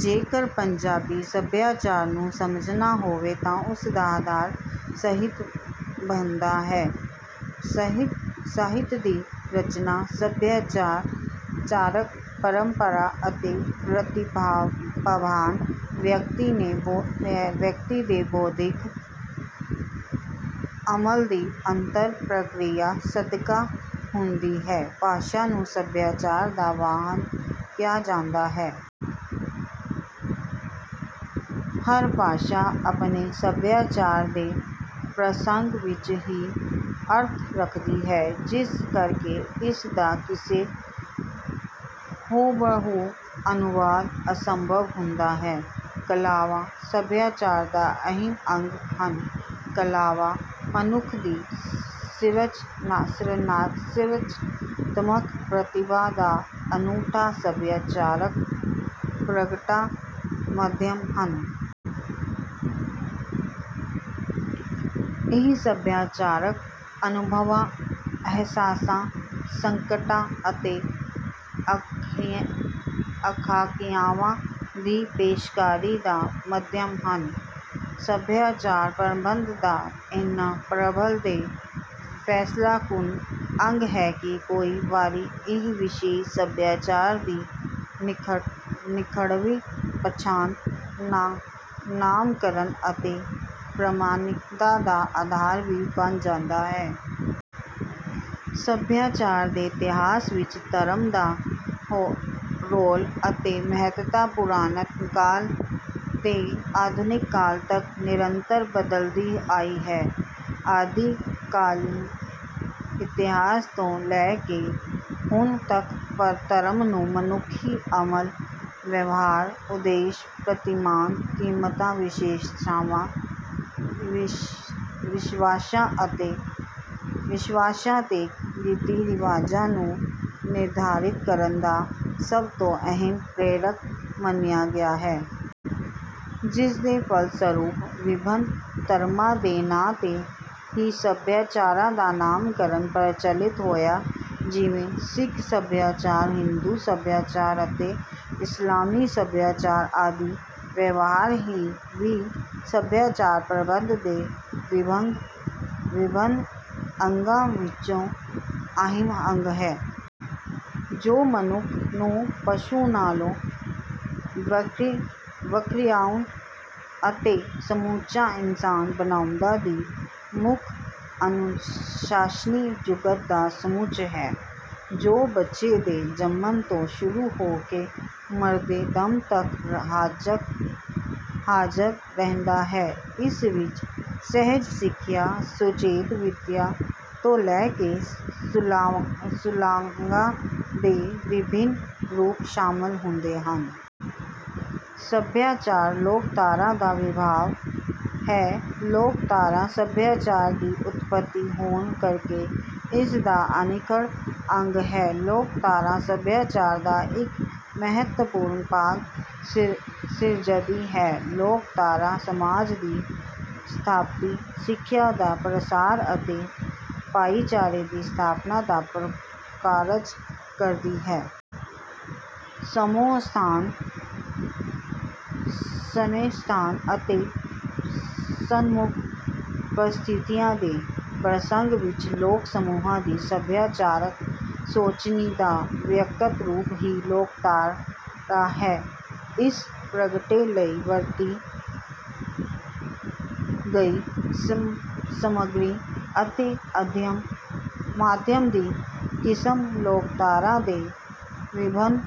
ਜੇਕਰ ਪੰਜਾਬੀ ਸਭਿਆਚਾਰ ਨੂੰ ਸਮਝਣਾ ਹੋਵੇ ਤਾਂ ਉਸ ਦਾ ਆਧਾਰ ਸਾਹਿਤ ਬਣਦਾ ਹੈ। ਸਾਹਿਤ ਦੀ ਰਚਨਾ ਸਭਿਆਚਾਰਕ ਪਰੰਪਰਾ ਅਤੇ ਪ੍ਰਤਿਭਾਵਾਨ ਵਿਅਕਤੀ ਦੇ ਬੋਧਿਕ ਅਮਲ ਦੀ ਅੰਤਰ ਪ੍ਰਕਿਰਿਆ ਸਦਕਾ ਹੁੰਦੀ ਹੈ। ਭਾਸ਼ਾ ਨੂੰ ਸਭਿਆਚਾਰ ਦਾ ਵਾਹਣ ਕਿਹਾ ਜਾਂਦਾ ਹੈ। ਹਰ ਭਾਸ਼ਾ ਆਪਣੇ ਸਭਿਆਚਾਰ ਦੇ ਪ੍ਰਸੰਗ ਵਿੱਚ ਹੀ ਅਰਥ ਰੱਖਦੀ ਹੈ ਜਿਸ ਕਰਕੇ ਇਸ ਦਾ ਕਿਸੇ ਹੂ-ਬ-ਹੂ ਅਨੁਵਾਦ ਅਸੰਭਵ ਹੁੰਦਾ ਹੈ। ਕਲਾਵਾਂ ਸਭਿਆਚਾਰ ਦਾ ਅਹਿਮ ਅੰਗ ਹਨ। ਕਲਾਵਾਂ ਮਨੁੱਖ ਦੀ ਸਿਰਜਣਾਤਮਕ ਪ੍ਰਤਿਭਾ ਦਾ ਅਨੂਠਾ ਸਭਿਆਚਾਰਕ ਪ੍ਰਗਟਾ-ਮਾਧਿਅਮ ਹਨ। ਇਹ ਸਭਿਆਚਾਰਕ ਅਨੁਭਵਾਂ, ਅਹਿਸਾਸਾਂ, ਸੰਕਟਾਂ ਅਤੇ ਆਕਾਂਖਿਆਵਾਂ ਦੀ ਪੇਸ਼ਕਾਰੀ ਦਾ ਮਾਧਿਅਮ ਹਨ। ਸਭਿਆਚਾਰ ਪ੍ਰਬੰਧ ਦਾ ਇੰਨਾ ਪ੍ਰਬਲ ਤੇ ਫੈਸਲਾਕੁਨ ਅੰਗ ਹੈ ਕਿ ਕਈ ਵਾਰੀ ਇਹ ਵਿਸ਼ੇਸ਼ ਸਭਿਆਚਾਰ ਦੀ ਨਿਖੜਵੀ ਪਛਾਣ, ਨਾਮਕਰਣ ਅਤੇ ਪ੍ਰਮਾਣਿਕਤਾ ਦਾ ਆਧਾਰ ਵੀ ਬਣ ਜਾਂਦਾ ਹੈ। ਸਭਿਆਚਾਰ ਦੇ ਇਤਿਹਾਸ ਵਿੱਚ ਧਰਮ ਦਾ ਰੋਲ ਅਤੇ ਮਹੱਤਤਾ ਪੁਰਾਤਨ ਕਾਲ ਤੋਂ ਆਧੁਨਿਕ ਕਾਲ ਤੱਕ ਨਿਰੰਤਰ ਬਦਲਦੀ ਆਈ ਹੈ। ਆਦਿ-ਕਾਲੀ ਇਤਿਹਾਸ ਤੋਂ ਲੈ ਕੇ ਹੁਣ ਤੱਕ ਧਰਮ ਨੂੰ ਮਨੁੱਖੀ ਅਮਲ, ਵਿਵਹਾਰ, ਉਦੇਸ਼, ਪ੍ਰਤਿਮਾਨ, ਕੀਮਤਾਂ, ਵਿਸ਼ਵਾਸਾਂ ਤੇ ਰੀਤੀ-ਰਿਵਾਜਾਂ ਨੂੰ ਨਿਰਧਾਰਿਤ ਕਰਨ ਦਾ ਸਭ ਤੋਂ ਅਹਿਮ ਪ੍ਰੇਰਕ ਮੰਨਿਆ ਗਿਆ ਹੈ। ਜਿਸਦੇ ਫਲਸਰੂਪ ਵਿਭਿੰਨ ਧਰਮਾਂ ਦੇ ਨਾਂ 'ਤੇ ਹੀ ਸਭਿਆਚਾਰਾਂ ਦਾ ਨਾਮਕਰਣ ਪ੍ਰਚਲਿਤ ਹੋਇਆ ਜਿਵੇਂ ਸਿੱਖ ਸਭਿਆਚਾਰ, ਹਿੰਦੂ ਸਭਿਆਚਾਰ ਅਤੇ ਇਸਲਾਮੀ ਸਭਿਆਚਾਰ ਆਦਿ। ਵਿਵਹਾਰ ਵੀ ਸਭਿਆਚਾਰ ਪ੍ਰਬੰਧ ਦੇ ਵਿਭਿੰਨ ਅੰਗਾਂ ਵਿਚੋਂ ਅਹਿਮ ਅੰਗ ਹੈ। ਜੋ ਮਨੁੱਖ ਨੂੰ ਪਸ਼ੂ ਨਾਲੋਂ ਵਖਰਿਆਉਣ ਅਤੇ ਸਮੁੱਚਾ ਇਨਸਾਨ ਬਣਾਉਣ ਦੀ ਮੁੱਖ ਅਨੁਸ਼ਾਸਨੀ-ਜੁਗਤ ਦਾ ਸਮੁੱਚ ਹੈ। ਜੋ ਬੱਚੇ ਦੇ ਜੰਮਣ ਤੋਂ ਸ਼ੁਰੂ ਹੋ ਕੇ ਮਰਦੇ ਦਮ ਤੱਕ ਹਾਜ਼ਰ ਰਹਿੰਦਾ ਹੈ। ਇਸ ਵਿੱਚ ਸਹਿਜ ਸਿਖਿਆ, ਸੁਚੇਤ ਵਿਦਿਆ ਤੋਂ ਲੈ ਕੇ ਸ਼ਲਾਘਾ ਦੇ ਵਿਭਿੰਨ ਰੂਪ ਸ਼ਾਮਲ ਹੁੰਦੇ ਹਨ। ਸਭਿਆਚਾਰ ਲੋਕਧਾਰਾ ਦਾ ਵਿਭਾਵ ਹੈ। ਲੋਕਧਾਰਾ ਸਭਿਆਚਾਰ ਦੀ ਉਤਪਤੀ ਹੋਣ ਕਰਕੇ ਇਸ ਦਾ ਅਨਿੱਖੜ ਅੰਗ ਹੈ। ਲੋਕਧਾਰਾ ਸਭਿਆਚਾਰ ਦਾ ਇੱਕ ਮਹੱਤਵਪੂਰਨ ਭਾਗ ਸਿਰਜਦੀ ਹੈ। ਲੋਕਧਾਰਾ ਸਮਾਜ ਦੀ ਸਥਾਪਤੀ, ਸਿੱਖਿਆ ਦਾ ਪ੍ਰਸਾਰ ਅਤੇ ਭਾਈਚਾਰੇ ਦੀ ਸਥਾਪਨਾ ਦਾ ਪ੍ਰਕਾਰਜ ਕਰਦੀ ਹੈ। ਸਮੇਂ, ਸਥਾਨ ਅਤੇ ਸਨਮੁੱਖ ਪਰਿਸਥਿਤੀਆਂ ਦੇ ਪ੍ਰਸੰਗ ਵਿੱਚ ਲੋਕ-ਸਮੂਹ ਦੀ ਸਭਿਆਚਾਰਕ ਸੋਚਣੀ ਦਾ ਵਿਅਕਤ ਰੂਪ ਹੀ ਲੋਕਧਾਰਾ ਹੈ। ਇਸ ਪ੍ਰਗਟੇ ਲਈ ਵਰਤੀ ਗਈ ਸਮੱਗਰੀ ਅਤੇ ਮਾਧਿਅਮ ਦੀ ਕਿਸਮ ਲੋਕਧਾਰਾ ਦੇ ਵਿਭਿੰਨ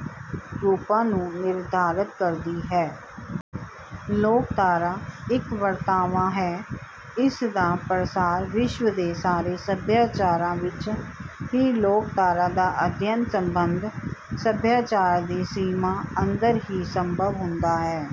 ਰੂਪਾਂ ਨੂੰ ਨਿਰਧਾਰਤ ਕਰਦੀ ਹੈ। ਲੋਕਧਾਰਾ ਇੱਕ ਵਰਤਾਰਾ ਹੈ। ਇਸ ਦਾ ਪ੍ਰਸਾਰ ਵਿਸ਼ਵ ਦੇ ਸਾਰੇ ਸਭਿਆਚਾਰਾਂ ਵਿੱਚ ਹੈ। ਲੋਕਧਾਰਾ ਦਾ ਅਧਿਐਨ ਸੰਬੰਧਤ ਸਭਿਆਚਾਰ ਦੀ ਸੀਮਾ ਅੰਦਰ ਹੀ ਸੰਭਵ ਹੁੰਦਾ ਹੈ।